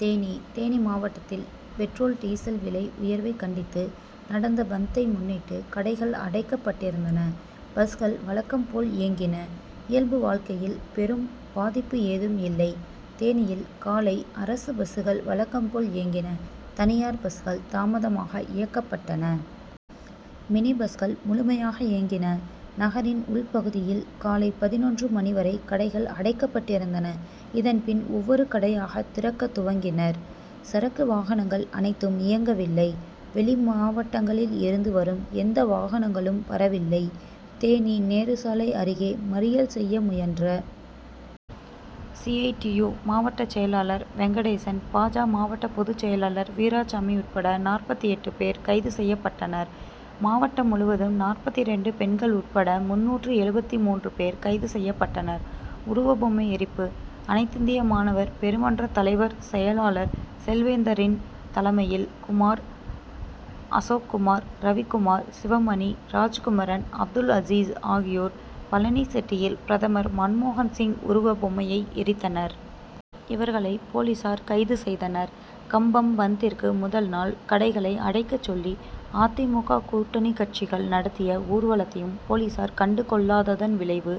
தேனி தேனி மாவட்டத்தில் petrol, diesel விலை உயர்வை கண்டித்து நடந்த பந்தை முன்னிட்டு கடைகள் அடைக்கப்பட்டிருந்தன. பஸ்கள் வழக்கம் போல் இயங்கின. இயல்பு வாழ்க்கையில் பெரும் பாதிப்பு ஏதும் இல்லை. தேனியில் காலை அரசு பஸ்கள் வழக்கம் போல் இயங்கின. தனியார் பஸ்கள் தாமதமாக இயக்கப்பட்டன. மினி பஸ்கள் முழுமையாக இயங்கின. நகரின் உள் பகுதியில் காலை பதினொன்று மணி வரை கடைகள் அடைக்கப் பட்டிருந்தன. இதன் பின் ஒவ்வொரு கடையாக திறக்க துவங்கினர். சரக்கு வாகனங்கள் அனைத்தும் இயக்கவில்லை. வெளிமாவட்டங்களில் இருந்தும் எந்த வாகனங்களும் வரவில்லை. தேனி நேருசிலை அருகே மறியல் செய்ய முயன்ற சி. ஐ. டி. யு., மாவட்ட செயலாளர் வெங்கடேசன், பா. ஜ., மாவட்ட பொதுச் செயலாளர் வீராச்சாமி உட்பட நாற்பத்தெட்டு பேர் கைது செய்யப்பட்டனர். மாவட்டம் முழுவதும் நாற்பத்திரண்டு பெண்கள் உட்பட முந்நூற்று எழுபத்து மூன்று பேர் கைது செய்யப்பட்டனர். உருவபொம்மை எரிப்பு அனைத் திந்திய மாணவர் பெருமன்ற மாவட்ட செயலாளர் செல்வேந்திரன் தலைமையில், குமார், அசோக்குமார், ரவிக்குமார், சிவமணி, ராஜ்குமரன், அப்துல்அஜீஸ் ஆகியோர் பழனிசெட்டியில் பிரதமர் மன்மோகன் சிங் உருவ பொம்மையை எரித்தனர். இவர்களை போலீசார் கைது செய்தனர். கம்பம் பந்திற்கு முதல் நாள் கடைகளை அடைக்க சொல்லி அ. தி. மு. க., கூட்டணிக்கட்சிகள் நடத்திய ஊர்வலத்தையும் போலீசார் கண்டுகொள்ளாததான் விளைவு,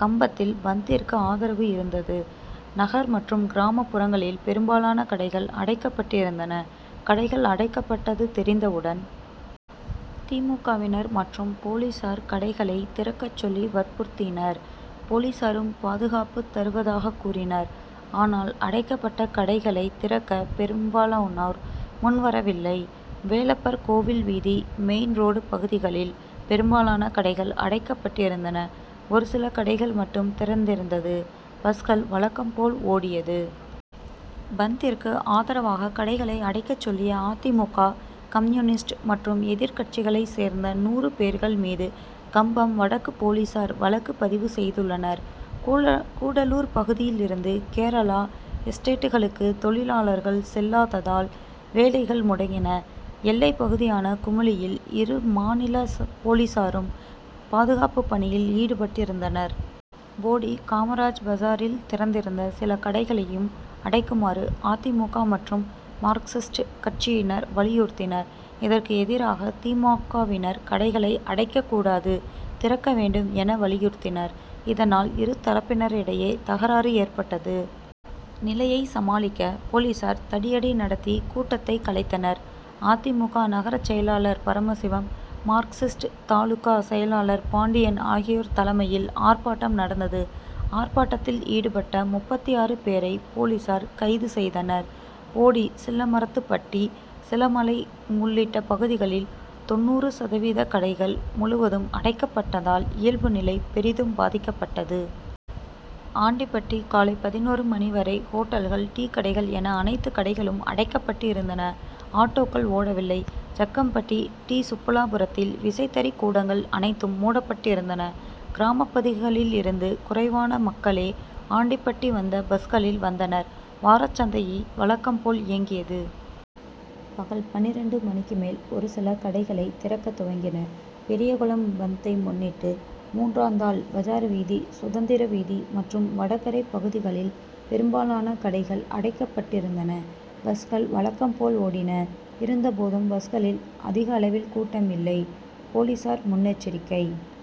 கம்பத்தில் பந்த்திற்கு ஆதரவு இருந்தது. நகர் மற்றும் கிராமப்புறங்களில் பெரும்பாலான கடைகள் அடைக்கப்பட்டிருந்தன. கடைகள் அடைக்கப்பட்டது தெரிந்தவுடன் தி. மு. க., வினர் மற்றும் போலீசார் கடைகளை திறக்கச் சொல்லி வற்புறுத்தினர். போலீசாரும் பாதுகாப்பு தருவதாக கூறினர். ஆனால் அடைக்கப்பட்ட கடைகளை திறக்க பெரும்பாலோனோர் முன்வரவில்லை. வேலப்பர் கோயில் வீதி, மெயின்ரோடு பகுதிகளில் பெரும்பாலான கடைகள் அடைக்கப்பட்டிருந்தன. ஒருசில கடைகள் மட்டும் திறந்திருந்தது. பஸ்கள் வழக்கம் போல் ஓடியது. பந்திற்கு ஆதரவாக கடைகளை அடைக்கச் சொல்லிய அ. தி. மு. க., கம்யூனிஸ்ட் மற்றும் எதிர்கட்சிகளை சேர்ந்த நூறு பேர்கள் மீது கம்பம் வடக்கு போலீசார் வழக்கு பதிவு செய்துள்ளனர். கூடலூர் பகுதியில் இருந்து கேரள எஸ்டேட்டுகளுக்கு தொழிலாளர்கள் செல்லாததால் வேலைகள் முடங்கின. எல்லைப்பகுதியான குமுளியில் இரு மாநில போலீசாரும் பாதுகாப்பு பணியில் ஈடுபட்டிருந்தனர். போடி காமராஜ் பஜாரில் திறந்திருந்த சில கடைகளையும் அடைக்குமாறு அ. தி. மு. க., மற்றும் மார்க்சிஸ்ட் கட்டசியினர் வலியுறுத்தினர். இதற்கு எதிராக தி. மு. க., வினர் கடைகளை அடைக்க கூடாது, திறக்க வேண்டும் என வலியுறுத்தினர். இதனால் இரு தரப்பினரிடையே தகராறு ஏற்பட்டது. நிலையை சமாளிக்க போலீசார் தடியடி நடத்தி கூட்டத்தை கலைத்தனர். அ. தி. மு. க., நகர செயலாளர் பரமசிவம், மார்க்சிஸ்ட் தாலுகா செயலாளர் பாண்டியன் ஆகியோர் தலைமையில் ஆர்ப்பாட்டம் நடந்தது. ஆர்ப்பாட்டத்தில் ஈடுபட்ட முப்பத்தாறு பேரை போலீசார் கைது செய்தனர். போடி, சில்லமரத்துப்பட்டி, சிலமலை உள்ளிட்ட பகுதிகளில் தொண்ணூறு சதவீத கடைகள் முழுவதும் அடைக்கப்பட்டதால் இயல்பு நிலை பெரிதும் பாதிக்கப்பட்டது. ஆண்டிபட்டி காலை பதினொறு மணி வரை ஓட்டல்கள், டீக்கடைகள் என அனைத்து கடைகளும் அடைக்கப்பட்டு இருந்தன. ஆட்டோக்கள் ஓடவில்லை. ஜக்கம்பட்டி டி. சுப்புலாபுரத்தில் விசைத்தறி கூடங்கள் அனைத்தும் மூடப்பட்டிருந்தன. கிராமப்பகுதிகளில் இருந்து குறைவான மக்களே ஆண்டிபட்டி வந்த பஸ்களில் வந்தனர். வாரச்சந்தை வழக்கம் போல் இயங்கியது. பகல் பன்னிரண்டு மணிக்கு மேல் ஒரு சில கடைகளை திறக்க துவங்கினர். பெரியகுளம் பந்த்தை முன்னிட்டு மூன்றாந்தல், பஜார்வீதி, சுதந்திரவீதி மற்றும் வடகரை பகுதிகளில் பெரும்பாலான கடைகள் அடைக்கப் பட்டிருந்தன. பஸ்கள் வழக்கம் போல் ஓடின. இருந்தபோதும் பஸ்களில் அதிகளவில் கூட்டம் இல்லை. போலீசார் முன் எச்சரிக்கை